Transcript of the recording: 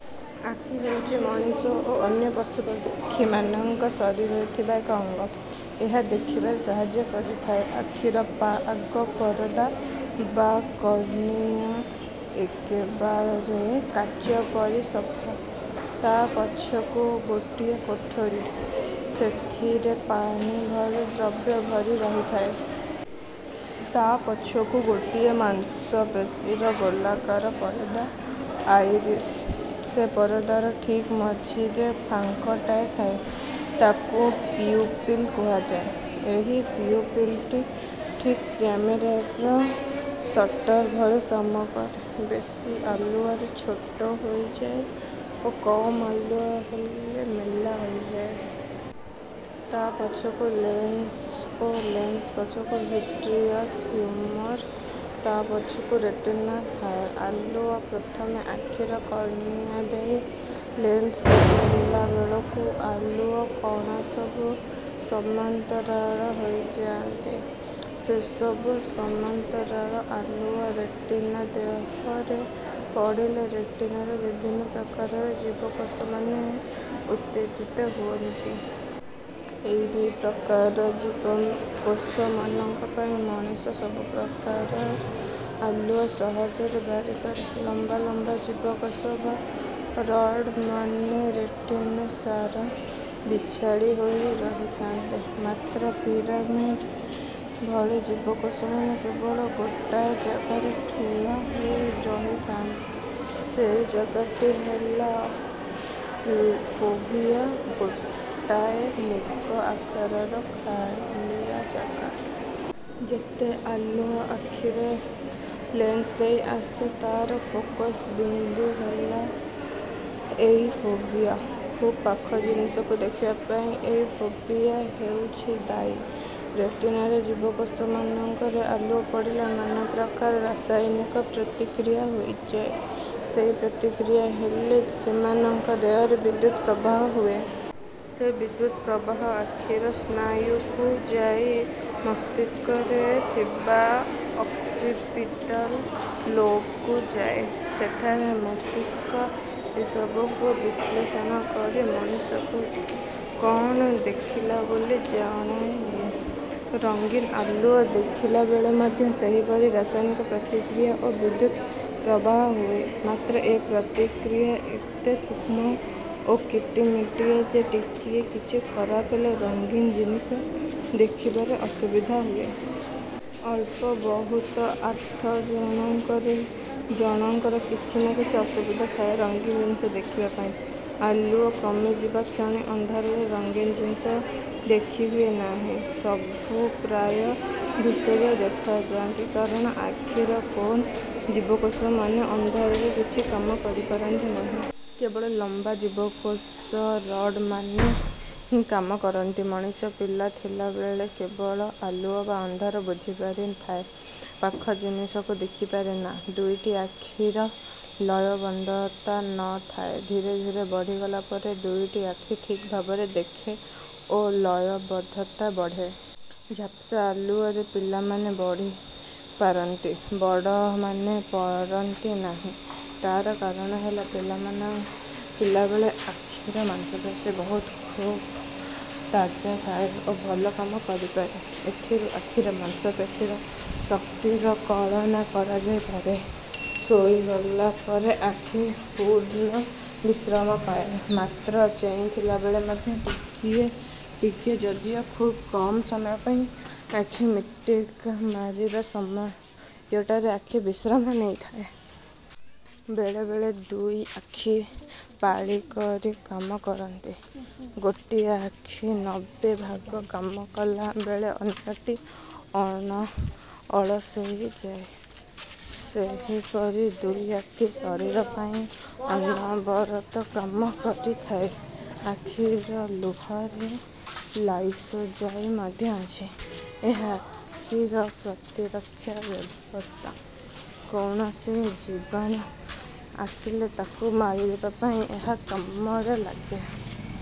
ଆଖି ହେଉଛି ମଣିଷ ଓ ଅନ୍ୟ ପଶୁପକ୍ଷୀମାନଙ୍କ ଶରୀରରେ ଥିବା ଏକ ଅଙ୍ଗ। ଏହା ଦେଖିବାରେ ସାହାଯ୍ୟ କରିଥାଏ। ଆଖିର ପା ଆଗ ପରଦା ବା କର୍ନିଆ ଏକେବାରେ କାଚ ପରି ସଫା। ତା' ପଛକୁ ଗୋଟାଏ କୋଠରୀ। ସେଥିରେ ପାଣି ଭଳି ଦ୍ରବ୍ୟ ଭରି ରହିଥାଏ। ତା' ପଛକୁ ଗୋଟିଏ ମାଂସପେଶୀର ଗୋଲାକାର ପରଦା ଆଇରିସ୍। ସେ ପରଦାର ଠିକ୍ ମଝିରେ ଫାଙ୍କଟାଏ ଥାଏ। ତାକୁ ପିଉପିଲ୍ କୁହାଯାଏ। ଏହି ପିଉପିଲ୍‌ଟି ଠିକ୍ କ୍ୟାମେରାର ସଟର୍ ଭଳି କାମ କରେ। ବେଶି ଆଲୁଅରେ ଛୋଟ ହୋଇଯାଏ ଓ କମ୍ ଆଲୁଅ ହେଲେ ମେଲା ହୋଇଯାଏ। ତା' ପଛକୁ ଲେନ୍ସ ଓ ଲେନ୍ସ ପଛକୁ ଭିଟ୍ରିୟସ୍ ହ୍ୟୁମର୍, ତା' ପଛକୁ ରେଟିନା ଥାଏ। ଆଲୁଅ ପ୍ରଥମେ ଆଖିର କର୍ନିଆ ଦେଇ ଲେନ୍ସ ପାର ହେଲା ବେଳକୁ ଆଲୁଅ କଣାସବୁ ସମାନ୍ତରାଳ ହୋଇଯାଆନ୍ତି। ସେସବୁ ସମାନ୍ତରାଳ ଆଲୁଅ ରେଟିନା ଦେହରେ ପଡ଼ିଲେ ରେଟିନାର ବିଭିନ୍ନ ପ୍ରକାରର ଜୀବକୋଷମାନେ ଉତ୍ତେଜିତ ହୁଅନ୍ତି। ଏଇ ଦୁଇ ପ୍ରକାର ଜୀବକୋଷମାନଙ୍କ ପାଇଁ ମଣିଷ ସବୁ ପ୍ରକାର ଆଲୁଅ ସହଜରେ ବାରିପାରେ। ଲମ୍ବା ଲମ୍ବା ଜୀବକୋଷ ବା ରଡ୍‌ମାନେ ରେଟିନା ସାରା ବିଛାଡ଼ିହୋଇ ରହିଥାନ୍ତି। ମାତ୍ର ପିରାମିଡ୍ ଭଳି ଜୀବକୋଷମାନେ କେବଳ ଗୋଟାଏ ଜାଗାରେ ଠୁଳ ହୋଇ ରହିଥାନ୍ତି। ସେଇ ଜାଗାଟି ହେଲା ଫୋଭିଆ ଗୋଟାଏ ମୁଗ ଆକାରର ଖାଲିଆ ଜାଗା। ଯେତେ ଆଲୁଅ ଆଖିର ଲେନ୍ସ ଦେଇ ଆସେ, ତା'ର ଫୋକସ୍ ବିନ୍ଦୁ ହେଲା ଏଇ ଫୋଭିଆ। ଖୁବ୍ ପାଖ ଜିନିଷକୁ ଦେଖିବା ପାଇଁ ଏଇ ଫୋଭିଆ ହେଉଛି ଦାୟୀ। ରେଟିନାର ଜୀବକୋଷମାନଙ୍କରେ ଆଲୁଅ ପଡ଼ିଲେ ନାନା ପ୍ରକାର ରାସାୟନିକ ପ୍ରତିକ୍ରିୟା ହୋଇଯାଏ। ସେଇ ପ୍ରତିକ୍ରିୟା ହେଲେ ସେମାନଙ୍କ ଦେହରେ ବିଦ୍ୟୁତ୍ ପ୍ରବାହ ହୁଏ। ସେ ବିଦ୍ୟୁତ୍ ପ୍ରବାହ ଆଖିର ସ୍ନାୟୁକୁ ଯାଇ ମସ୍ତିଷ୍କରେ ଥିବା ଅକ୍ସିପିଟାଲ୍ ଲୋବ୍‌କୁ ଯାଏ। ସେଠାରେ ମସ୍ତିଷ୍କ ଏସବୁକୁ ବିଶ୍ଳେଷଣ କରି ମଣିଷକୁ କ'ଣ ଦେଖିଲା ବୋଲି ଜଣାଇଦିଏ। ରଙ୍ଗୀନ ଆଲୁଅ ଦେଖିଲା ବେଳେ ମଧ୍ୟ ସେହିପରି ରାସାୟନିକ ପ୍ରତିକ୍ରିୟା ଓ ବିଦ୍ୟୁତ୍ ପ୍ରବାହ ହୁଏ। ମାତ୍ର ଏ ପ୍ରତିକ୍ରିୟା ଏତେ ସୂକ୍ଷ୍ମ ଓ କିଟିମିଟିଆ ଯେ, ଟିକିଏ କିଛି ଖରାପ ହେଲେ ରଙ୍ଗୀନ ଜିନିଷ ଦେଖିବାରେ ଅସୁବିଧା ହୁଏ। ଅଳ୍ପ ବହୁତ ଆଠ ଜଣକରେ ଜଣଙ୍କର କିଛି ନା କିଛି ଅସୁବିଧା ଥାଏ ରଙ୍ଗୀନ ଜିନିଷ ଦେଖିବା ପାଇଁ। ଆଲୁଅ କମିଯିବା କ୍ଷଣି ଅନ୍ଧାରରେ ରଙ୍ଗୀନ ଜିନିଷ ଦେଖିହୁଏ ନାହିଁ। ସବୁ ପ୍ରାୟ ଧୂସରିଆ ଦେଖାଯାଆନ୍ତି; କାରଣ ଆଖିର କୋନ୍ ଜୀବକୋଷମାନେ ଅନ୍ଧାରରେ କିଛି କାମ କରିପାରନ୍ତି ନାହିଁ। କେବଳ ଲମ୍ବା ଜୀବକୋଷ ରଡ୍‌ମାନେ ହିଁ କାମ କରନ୍ତି। ମଣିଷ ପିଲା ଥିଲା ବେଳେ କେବଳ ଆଲୁଅ ବା ଅନ୍ଧାର ବୁଝିପାରିଥାଏ। ପାଖ ଜିନିଷକୁ ଦେଖିପାରେନା। ଦୁଇଟି ଆଖିର ଲୟବଦ୍ଧତା ନ ଥାଏ। ଧୀରେ ଧୀରେ ବଢ଼ିଗଲା ପରେ ଦୁଇଟି ଆଖି ଠିକ୍ ଭାବରେ ଦେଖେ ଓ ଲୟବଦ୍ଧତା ବଢ଼େ। ଝାପ୍ସା ଆଲୁଅରେ ପିଲାମାନେ ପଢ଼ିପାରନ୍ତି, ବଡ଼ମାନେ ପାରନ୍ତି ନାହିଁ। ତା'ର କାରଣ ହେଲା, ପିଲାବେଳେ ଆଖିର ମାଂସପେଶୀ ସବୁ ଖୁବ୍ ତାଜା ଥାଏ ଓ ଭଲ କାମ କରିପାରେ। ଏଥିରୁ ଆଖିର ମାଂସପେଶୀର ଶକ୍ତିର କଳନା କରାଯାଇପାରେ। ଶୋଇଗଲା ପରେ ଆଖି ପୂର୍ଣ୍ଣ ବିଶ୍ରାମ ପାଏ। ମାତ୍ର ଚେଇଁଥିଲା ବେଳେ ମଧ୍ୟ ଟିକିଏ ଟିକିଏ ଯଦିଓ ଖୁବ୍ କମ୍ ସମୟ ପାଇଁ ଆଖି ମିଟିକା ମାରିବା ସମୟଟାରେ ଆଖି ବିଶ୍ରାମ ନେଇଥାଏ। ବେଳେବେଳେ ଦୁଇ ଆଖି ପାଳି କରି କାମ କରନ୍ତି। ଗୋଟିଏ ଆଖି ନବେ ଭାଗ କାମ କଲା ବେଳେ ଅନ୍ୟଟି ଅଳସେଇ ଯାଏ। ଏହିପରି ଦୁଇ ଆଖି ଶରୀର ପାଇଁ ଅନବରତ କାମ କରିଥାଏ। ଆଖିର ଲୁହରେ ଲାଇସୋଜାଇମ୍ ମଧ୍ୟ ଅଛି, ଏହା ଆଖିର ପ୍ରତିରକ୍ଷା ବ୍ୟବସ୍ଥା। କୌଣସି ଜୀବାଣୁ ଆସିଲେ ତାକୁ ମାରିଦେବା ପାଇଁ ଏହା କାମରେ ଲାଗେ।